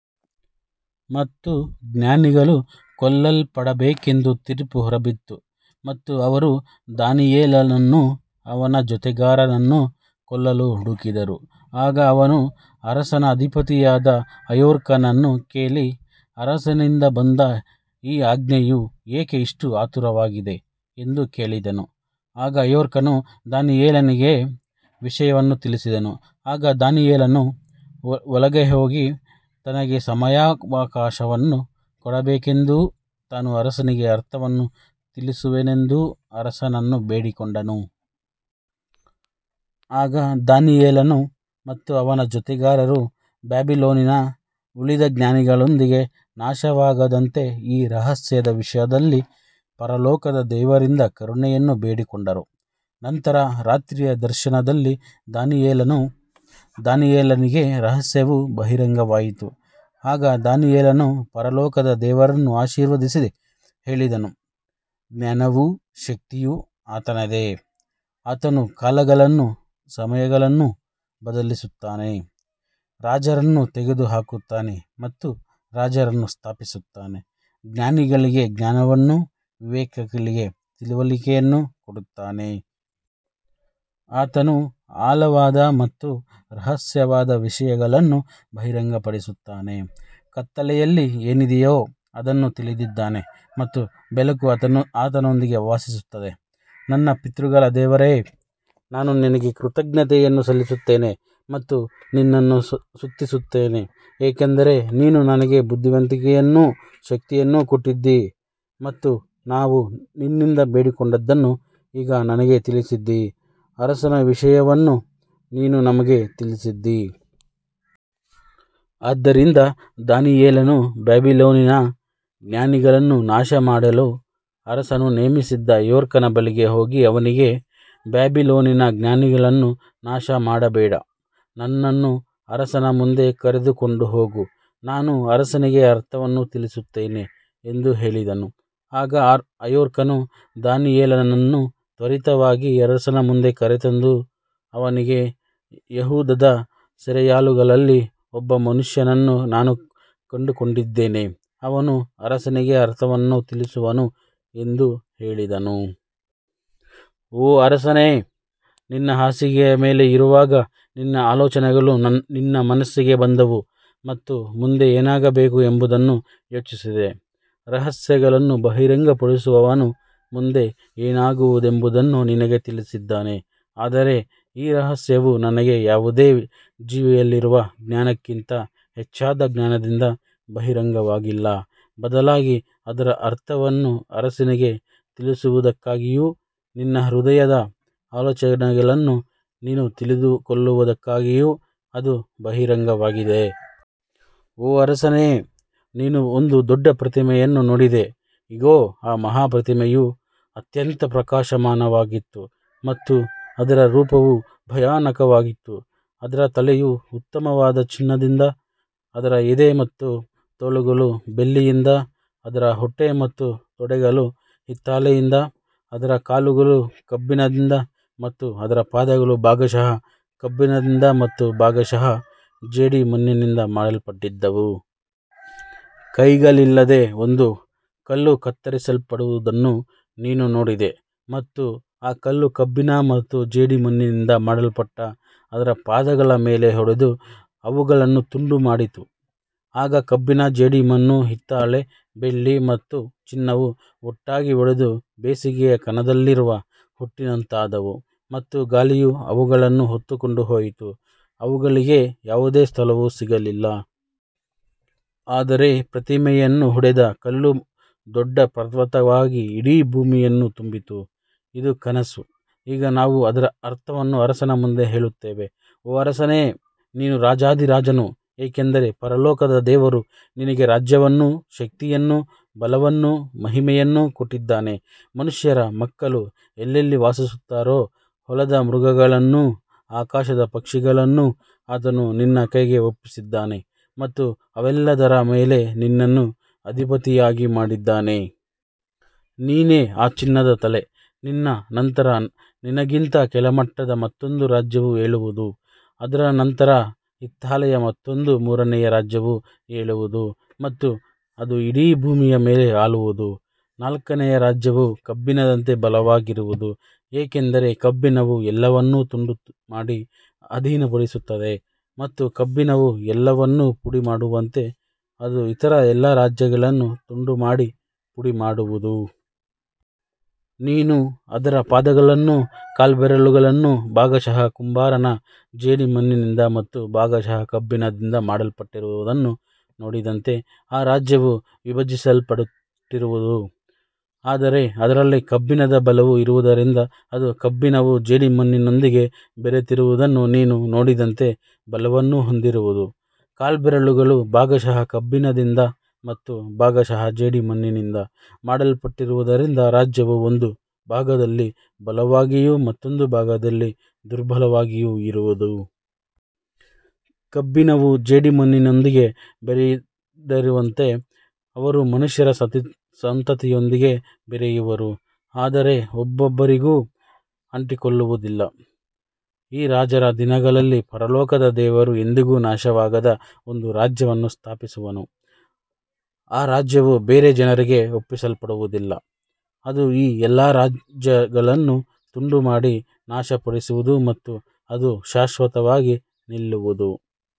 ಮತ್ತು ಜ್ಞಾನಿಗಳು ಕೊಲ್ಲಲ್ಪಡಬೇಕೆಂದು ತೀರ್ಪು ಹೊರಬಿತ್ತು ಮತ್ತು ಅವರು ದಾನಿಯೇಲನನ್ನೂ ಅವನ ಜೊತೆಗಾರರನ್ನೂ ಕೊಲ್ಲಲು ಹುಡುಕಿದರು. ಆಗ ಅವನು ಅರಸನ ಅಧಿಪತಿಯಾದ ಅರ್ಯೋಕನನ್ನು ಕೇಳಿ, ಅರಸನಿಂದ ಬಂದ ಈ ಆಜ್ಞೆಯು ಏಕೆ ಇಷ್ಟು ಆತುರವಾಗಿದೆ ಎಂದು ಕೇಳಿದನು. ಆಗ ಅರ್ಯೋಕನು ದಾನಿಯೇಲನಿಗೆ ವಿಷಯವನ್ನು ತಿಳಿಸಿದನು. ಆಗ ದಾನಿಯೇಲನು ಒಳಗೆ ಹೋಗಿ, ತನಗೆ ಸಮಯಾವಕಾಶವನ್ನು ಕೊಡಬೇಕೆಂದೂ ತಾನು ಅರಸನಿಗೆ ಅರ್ಥವನ್ನು ತಿಳಿಸುವೆನೆಂದೂ ಅರಸನನ್ನು ಬೇಡಿಕೊಂಡನು. ಆಗ ದಾನಿಯೇಲನು ಮತ್ತು ಅವನ ಜೊತೆಗಾರರು ಬಾಬಿಲೋನಿನ ಉಳಿದ ಜ್ಞಾನಿಗಳೊಂದಿಗೆ ನಾಶವಾಗದಂತೆ ಈ ರಹಸ್ಯದ ವಿಷಯದಲ್ಲಿ ಪರಲೋಕದ ದೇವರಿಂದ ಕರುಣೆಯನ್ನು ಬೇಡಿಕೊಂಡರು. ನಂತರ ರಾತ್ರಿಯ ದರ್ಶನದಲ್ಲಿ ದಾನಿಯೇಲನಿಗೆ ರಹಸ್ಯವು ಬಹಿರಂಗವಾಯಿತು. ಆಗ ದಾನಿಯೇಲನು ಪರಲೋಕದ ದೇವರನ್ನು ಆಶೀರ್ವದಿಸಿ ಹೇಳಿದನು, ಜ್ಞಾನವೂ ಶಕ್ತಿಯೂ ಆತನದೇ, ಆತನು ಕಾಲಗಳನ್ನೂ ಸಮಯಗಳನ್ನೂ ಬದಲಿಸುತ್ತಾನೆ, ರಾಜರನ್ನು ತೆಗೆದುಹಾಕುತ್ತಾನೆ ಮತ್ತು ರಾಜರನ್ನು ಸ್ಥಾಪಿಸುತ್ತಾನೆ, ಜ್ಞಾನಿಗಳಿಗೆ ಜ್ಞಾನವನ್ನೂ ವಿವೇಕಿಗಳಿಗೆ ತಿಳುವಳಿಕೆಯನ್ನೂ ಕೊಡುತ್ತಾನೆ. ಆತನು ಆಳವಾದ ಮತ್ತು ರಹಸ್ಯವಾದ ವಿಷಯಗಳನ್ನು ಬಹಿರಂಗಪಡಿಸುತ್ತಾನೆ, ಕತ್ತಲೆಯಲ್ಲಿ ಏನಿದೆಯೋ ಅದನ್ನು ತಿಳಿದಿದ್ದಾನೆ ಮತ್ತು ಬೆಳಕು ಆತನೊಂದಿಗೆ ವಾಸಿಸುತ್ತದೆ. ನನ್ನ ಪಿತೃಗಳ ದೇವರೇ, ನಾನು ನಿನಗೆ ಕೃತಜ್ಞತೆಯನ್ನು ಸಲ್ಲಿಸುತ್ತೇನೆ ಮತ್ತು ನಿನ್ನನ್ನು ಸ್ತುತಿಸುತ್ತೇನೆ, ಏಕೆಂದರೆ ನೀನು ನನಗೆ ಬುದ್ಧಿವಂತಿಕೆಯನ್ನೂ ಶಕ್ತಿಯನ್ನೂ ಕೊಟ್ಟಿದ್ದೀ ಮತ್ತು ನಾವು ನಿನ್ನಿಂದ ಬೇಡಿಕೊಂಡದ್ದನ್ನು ಈಗ ನನಗೆ ತಿಳಿಸಿದ್ದೀ, ಅರಸನ ವಿಷಯವನ್ನು ನೀನು ನಮಗೆ ತಿಳಿಸಿದ್ದೀ. ಆದ್ದರಿಂದ ದಾನಿಯೇಲನು ಬಾಬಿಲೋನಿನ ಜ್ಞಾನಿಗಳನ್ನು ನಾಶಮಾಡಲು ಅರಸನು ನೇಮಿಸಿದ್ದ ಅರ್ಯೋಕನ ಬಳಿಗೆ ಹೋಗಿ ಅವನಿಗೆ, ಬಾಬಿಲೋನಿನ ಜ್ಞಾನಿಗಳನ್ನು ನಾಶಮಾಡಬೇಡ, ನನ್ನನ್ನು ಅರಸನ ಮುಂದೆ ಕರೆದುಕೊಂಡು ಹೋಗು, ನಾನು ಅರಸನಿಗೆ ಅರ್ಥವನ್ನು ತಿಳಿಸುತ್ತೇನೆ ಎಂದು ಹೇಳಿದನು. ಆಗ ಅರ್ಯೋಕನು ದಾನಿಯೇಲನನ್ನು ತ್ವರಿತವಾಗಿ ಅರಸನ ಮುಂದೆ ಕರೆತಂದು ಅವನಿಗೆ, ಯೆಹೂದದ ಸೆರೆಯಾಳುಗಳಲ್ಲಿ ಒಬ್ಬ ಮನುಷ್ಯನನ್ನು ನಾನು ಕಂಡುಕೊಂಡಿದ್ದೇನೆ, ಅವನು ಅರಸನಿಗೆ ಅರ್ಥವನ್ನು ತಿಳಿಸುವನು ಎಂದು ಹೇಳಿದನು. ಓ ಅರಸನೇ, ನಿನ್ನ ಹಾಸಿಗೆಯ ಮೇಲೆ ಇರುವಾಗ ನಿನ್ನ ಆಲೋಚನೆಗಳು ನಿನ್ನ ಮನಸ್ಸಿಗೆ ಬಂದವು ಮತ್ತು ಮುಂದೆ ಏನಾಗಬೇಕು ಎಂಬುದನ್ನು ಯೋಚಿಸಿದೆ. ರಹಸ್ಯಗಳನ್ನು ಬಹಿರಂಗಪಡಿಸುವವನು ಮುಂದೆ ಏನಾಗುವುದೆಂಬುದನ್ನು ನಿನಗೆ ತಿಳಿಸಿದ್ದಾನೆ. ಆದರೆ ಈ ರಹಸ್ಯವು ನನಗೆ ಯಾವುದೇ ಜೀವಿಯಲ್ಲಿರುವ ಜ್ಞಾನಕ್ಕಿಂತ ಹೆಚ್ಚಾದ ಜ್ಞಾನದಿಂದ ಬಹಿರಂಗವಾಗಿಲ್ಲ, ಬದಲಾಗಿ ಅದರ ಅರ್ಥವನ್ನು ಅರಸನಿಗೆ ತಿಳಿಸುವುದಕ್ಕಾಗಿಯೂ ನಿನ್ನ ಹೃದಯದ ಆಲೋಚನೆಗಳನ್ನು ನೀನು ತಿಳಿದುಕೊಳ್ಳುವುದಕ್ಕಾಗಿಯೂ ಅದು ಬಹಿರಂಗವಾಗಿದೆ. ಓ ಅರಸನೇ, ನೀನು ಒಂದು ದೊಡ್ಡ ಪ್ರತಿಮೆಯನ್ನು ನೋಡಿದೆ. ಇಗೋ, ಆ ಮಹಾ ಪ್ರತಿಮೆಯು ಅತ್ಯಂತ ಪ್ರಕಾಶಮಾನವಾಗಿತ್ತು ಮತ್ತು ಅದರ ರೂಪವು ಭಯಾನಕವಾಗಿತ್ತು. ಅದರ ತಲೆಯು ಉತ್ತಮವಾದ ಚಿನ್ನದಿಂದ, ಅದರ ಎದೆ ಮತ್ತು ತೋಳುಗಳು ಬೆಳ್ಳಿಯಿಂದ, ಅದರ ಹೊಟ್ಟೆ ಮತ್ತು ತೊಡೆಗಳು ಹಿತ್ತಾಳೆಯಿಂದ, ಅದರ ಕಾಲುಗಳು ಕಬ್ಬಿಣದಿಂದ ಮತ್ತು ಅದರ ಪಾದಗಳು ಭಾಗಶಃ ಕಬ್ಬಿಣದಿಂದ ಮತ್ತು ಭಾಗಶಃ ಜೇಡಿಮಣ್ಣಿನಿಂದ ಮಾಡಲ್ಪಟ್ಟಿದ್ದವು. ಕೈಗಳಿಲ್ಲದೆ ಒಂದು ಕಲ್ಲು ಕತ್ತರಿಸಲ್ಪಡುವುದನ್ನು ನೀನು ನೋಡಿದೆ ಮತ್ತು ಆ ಕಲ್ಲು ಕಬ್ಬಿಣ ಮತ್ತು ಜೇಡಿಮಣ್ಣಿನಿಂದ ಮಾಡಲ್ಪಟ್ಟ ಅದರ ಪಾದಗಳ ಮೇಲೆ ಹೊಡೆದು ಅವುಗಳನ್ನು ತುಂಡುಮಾಡಿತು. ಆಗ ಕಬ್ಬಿಣ, ಜೇಡಿಮಣ್ಣು, ಹಿತ್ತಾಳೆ, ಬೆಳ್ಳಿ ಮತ್ತು ಚಿನ್ನವು ಒಟ್ಟಾಗಿ ಒಡೆದು ಬೇಸಿಗೆಯ ಕಣದಲ್ಲಿರುವ ಹೊಟ್ಟಿನಂತಾದವು ಮತ್ತು ಗಾಳಿಯು ಅವುಗಳನ್ನು ಹೊತ್ತುಕೊಂಡು ಹೋಯಿತು, ಅವುಗಳಿಗೆ ಯಾವುದೇ ಸ್ಥಳವು ಸಿಗಲಿಲ್ಲ. ಆದರೆ ಪ್ರತಿಮೆಯನ್ನು ಹೊಡೆದ ಕಲ್ಲು ದೊಡ್ಡ ಪರ್ವತವಾಗಿ ಇಡೀ ಭೂಮಿಯನ್ನು ತುಂಬಿತು. ಇದು ಕನಸು. ಈಗ ನಾವು ಅದರ ಅರ್ಥವನ್ನು ಅರಸನ ಮುಂದೆ ಹೇಳುತ್ತೇವೆ. ಓ ಅರಸನೇ, ನೀನು ರಾಜಾಧಿರಾಜನು, ಏಕೆಂದರೆ ಪರಲೋಕದ ದೇವರು ನಿನಗೆ ರಾಜ್ಯವನ್ನೂ ಶಕ್ತಿಯನ್ನೂ ಬಲವನ್ನೂ ಮಹಿಮೆಯನ್ನೂ ಕೊಟ್ಟಿದ್ದಾನೆ. ಮನುಷ್ಯರ ಮಕ್ಕಳು ಎಲ್ಲೆಲ್ಲಿ ವಾಸಿಸುತ್ತಾರೋ, ಹೊಲದ ಮೃಗಗಳನ್ನೂ ಆಕಾಶದ ಪಕ್ಷಿಗಳನ್ನೂ ಆತನು ನಿನ್ನ ಕೈಗೆ ಒಪ್ಪಿಸಿದ್ದಾನೆ ಮತ್ತು ಅವೆಲ್ಲದರ ಮೇಲೆ ನಿನ್ನನ್ನು ಅಧಿಪತಿಯಾಗಿ ಮಾಡಿದ್ದಾನೆ. ನೀನೇ ಆ ಚಿನ್ನದ ತಲೆ. ನಿನ್ನ ನಂತರ ನಿನಗಿಂತ ಕೆಳಮಟ್ಟದ ಮತ್ತೊಂದು ರಾಜ್ಯವು ಏಳುವುದು, ಅದರ ನಂತರ ಹಿತ್ತಾಳೆಯ ಮತ್ತೊಂದು ಮೂರನೆಯ ರಾಜ್ಯವು ಏಳುವುದು ಮತ್ತು ಅದು ಇಡೀ ಭೂಮಿಯ ಮೇಲೆ ಆಳುವುದು. ನಾಲ್ಕನೆಯ ರಾಜ್ಯವು ಕಬ್ಬಿಣದಂತೆ ಬಲವಾಗಿರುವುದು, ಏಕೆಂದರೆ ಕಬ್ಬಿಣವು ಎಲ್ಲವನ್ನೂ ತುಂಡುಮಾಡಿ ಅಧೀನಪಡಿಸುತ್ತದೆ ಮತ್ತು ಕಬ್ಬಿಣವು ಎಲ್ಲವನ್ನೂ ಪುಡಿಮಾಡುವಂತೆ ಅದು ಇತರ ಎಲ್ಲ ರಾಜ್ಯಗಳನ್ನು ತುಂಡುಮಾಡಿ ಪುಡಿಮಾಡುವುದು. ನೀನು ಅದರ ಪಾದಗಳನ್ನೂ ಕಾಲ್ಬೆರಳುಗಳನ್ನೂ ಭಾಗಶಃ ಕುಂಬಾರನ ಜೇಡಿಮಣ್ಣಿನಿಂದ ಮತ್ತು ಭಾಗಶಃ ಕಬ್ಬಿಣದಿಂದ ಮಾಡಲ್ಪಟ್ಟಿರುವುದನ್ನು ನೋಡಿದಂತೆ, ಆ ರಾಜ್ಯವು ವಿಭಜಿಸಲ್ಪಟ್ಟಿರುವುದು. ಆದರೆ ಅದರಲ್ಲಿ ಕಬ್ಬಿಣದ ಬಲವು ಇರುವುದರಿಂದ ಅದು ಕಬ್ಬಿಣವು ಜೇಡಿಮಣ್ಣಿನೊಂದಿಗೆ ಬೆರೆತಿರುವುದನ್ನು ನೀನು ನೋಡಿದಂತೆ ಬಲವನ್ನು ಹೊಂದಿರುವುದು. ಕಾಲ್ಬೆರಳುಗಳು ಭಾಗಶಃ ಕಬ್ಬಿಣದಿಂದ ಮತ್ತು ಭಾಗಶಃ ಜೇಡಿಮಣ್ಣಿನಿಂದ ಮಾಡಲ್ಪಟ್ಟಿರುವುದರಿಂದ ರಾಜ್ಯವು ಒಂದು ಭಾಗದಲ್ಲಿ ಬಲವಾಗಿಯೂ ಮತ್ತೊಂದು ಭಾಗದಲ್ಲಿ ದುರ್ಬಲವಾಗಿಯೂ ಇರುವದು. ಕಬ್ಬಿಣವು ಜೇಡಿಮಣ್ಣಿನೊಂದಿಗೆ ಬೆರೆಯದಿರುವಂತೆ ಅವರು ಮನುಷ್ಯರ ಸಂತತಿಯೊಂದಿಗೆ ಬೆರೆಯುವರು, ಆದರೆ ಒಬ್ಬರಿಗೊಬ್ಬರು ಅಂಟಿಕೊಳ್ಳುವುದಿಲ್ಲ. ಈ ರಾಜರ ದಿನಗಳಲ್ಲಿ ಪರಲೋಕದ ದೇವರು ಎಂದಿಗೂ ನಾಶವಾಗದ ಒಂದು ರಾಜ್ಯವನ್ನು ಸ್ಥಾಪಿಸುವನು. ಆ ರಾಜ್ಯವು ಬೇರೆ ಜನರಿಗೆ ಒಪ್ಪಿಸಲ್ಪಡುವುದಿಲ್ಲ. ಅದು ಈ ಎಲ್ಲಾ ರಾಜ್ಯಗಳನ್ನು ತುಂಡುಮಾಡಿ ನಾಶಪಡಿಸುವುದು ಮತ್ತು ಅದು ಶಾಶ್ವತವಾಗಿ ನಿಲ್ಲುವುದು.